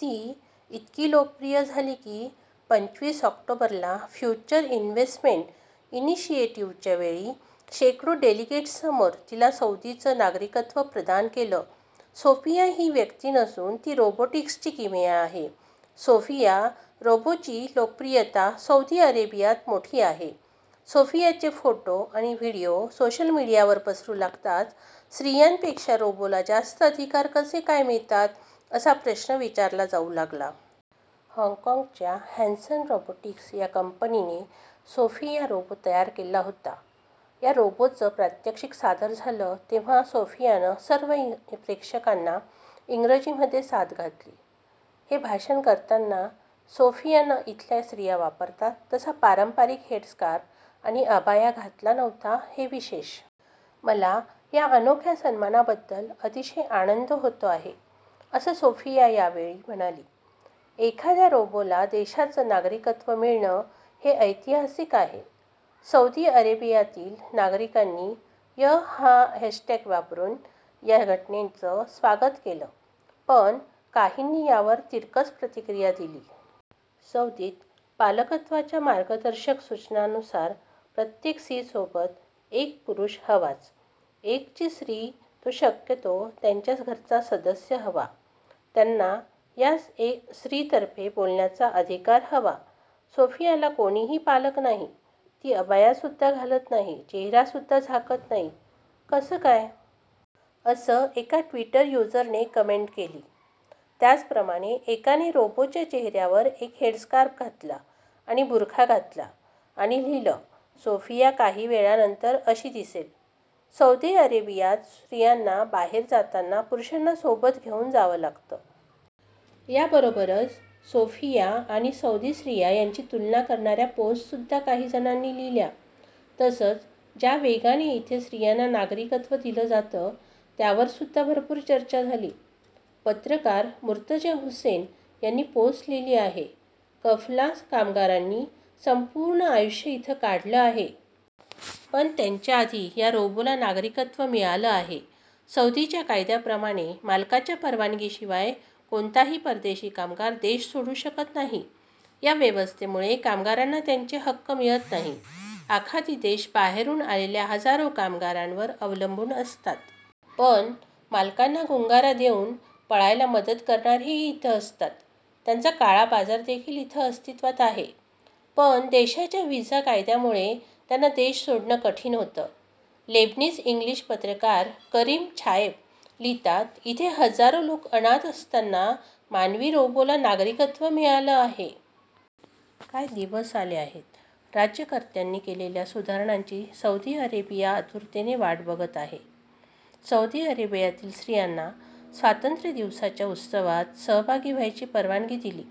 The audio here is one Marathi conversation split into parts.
ती इतकी लोकप्रिय झाली की, पंचवीस ऑक्टोबरला फ्युचर इन्व्हेसमेंट इनिशिएटिव्हच्यावेळी शेकडो डेलिगेट्ससमोर तिला सौदीचं नागरिकत्व प्रदान केलं सोफिया ही व्यक्ती नसून ती रोबॉटिक्सची किमया आहे. सोफिया रोबोची लोकप्रियता सौदी अरेबियात मोठी आहे. सोफियाचे फोटो आणि व्हीडिओ सोशल मीडियावर पसरू लागताच स्त्रियांपेक्षा रोबोला जास्त अधिकार कसे काय मिळतात असा प्रश्न विचारला जाऊ लागला. हाँगकाँगच्या हॅनसन रोबॉटिक्स या कंपनीने सोफिया रोबो तयार केला होता. या रोबोचं प्रात्यक्षिक सादर झालं तेव्हा सोफियानं सर्व प्रेक्षकांना इंग्रजीमध्ये साद घातली. हे भाषण करताना सोफियानं इथल्या स्त्रिया वापरतात तसा पारंपरिक हेडस्कार्फ आणि अबाया घातला नव्हता हे विशेष. मला या अनोख्या सन्मानाबद्दल अतिशय आनंद होतो आहे. असं सोफिया या वेळी म्हणाली. एखाद्या रोबोला देशाचं नागरिकत्व मिळणं हे ऐतिहासिक आहे. सौदी अरेबियातील नागरिकांनी य हा हॅशटॅग वापरून या घटनेचं स्वागत केलं. पण काहींनी यावर तिरकस प्रतिक्रिया दिली. सौदीत पालकत्वाच्या मार्गदर्शक सूचनांनुसार प्रत्येक स्त्रीसोबत एक पुरुष हवाच. एकची स्त्री तो शक्यतो त्यांच्या घरचा सदस्य हवा. त्यांना या स्त्रीतर्फे बोलण्याचा अधिकार हवा. सोफियाला कोणीही पालक नाही, ती अबायासुद्धा घालत नाही चेहरासुद्धा झाकत नाही, कसं काय? असं एका ट्विटर युजरने कमेंट केली. त्याचप्रमाणे एकाने रोबोच्या चेहऱ्यावर एक हेडस्कार्फ घातला आणि बुरखा घातला आणि लिहिलं सोफिया काही वेळानंतर अशी दिसेल. सौदी अरेबियात स्त्रियांना बाहेर जाताना पुरुषांना सोबत घेऊन जावं लागतं. याबरोबरच सोफिया आणि सौदी स्त्रिया यांची तुलना करणाऱ्या पोस्टसुद्धा काही जणांनी लिहिल्या. तसंच ज्या वेगाने इथे स्त्रियांना नागरिकत्व दिलं जातं त्यावरसुद्धा भरपूर चर्चा झाली. पत्रकार मुर्तझा हुसैन यांनी पोस्ट लिहिली आहे कफला कामगारांनी संपूर्ण आयुष्य इथे काढलं आहे. पण त्यांच्याआधी या रोबोला नागरिकत्व मिळालं आहे. सौदीच्या कायद्याप्रमाणे मालकाच्या परवानगीशिवाय कोणताही परदेशी कामगार देश सोडू शकत नाही. या व्यवस्थेमुळे कामगारांना त्यांचे हक्क मिळत नाही. आखाती देश बाहेरून आलेल्या हजारो कामगारांवर अवलंबून असतात. पण मालकांना गुंगारा देऊन पळायला मदत करणारेही इथे असतात. त्यांचा काळा बाजारदेखील इथे अस्तित्वात आहे. पण देशाच्या व्हिसा कायद्यामुळे त्यांना देश सोडणं कठीण होतं. लेबनीज-इंग्लिश पत्रकार करीम छायेब लिहितात इथे हजारो लोक अनाथ असताना मानवी रोबोला नागरिकत्व मिळालं आहे. काय दिवस आले आहेत राज्यकर्त्यांनी केलेल्या सुधारणांची सौदी अरेबिया आतुरतेनं वाटत बघत आहेत. सौदी अरेबियातील स्त्रियांना स्वातंत्र्य दिवसाच्या उत्सवात सहभागी व्हायची परवानगी दिली.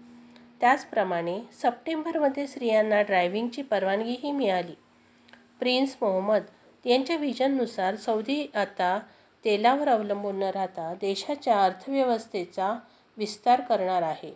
त्याचप्रमाणे सप्टेंबरमध्ये स्त्रियांना ड्रायव्हिंगची परवानगीही मिळाली. प्रिन्स मोहम्मद यांच्या व्हिजन नुसार सौदी आता तेलावर अवलंबून न राहता देशाच्या अर्थव्यवस्थेच्या विस्तार करणार आहे.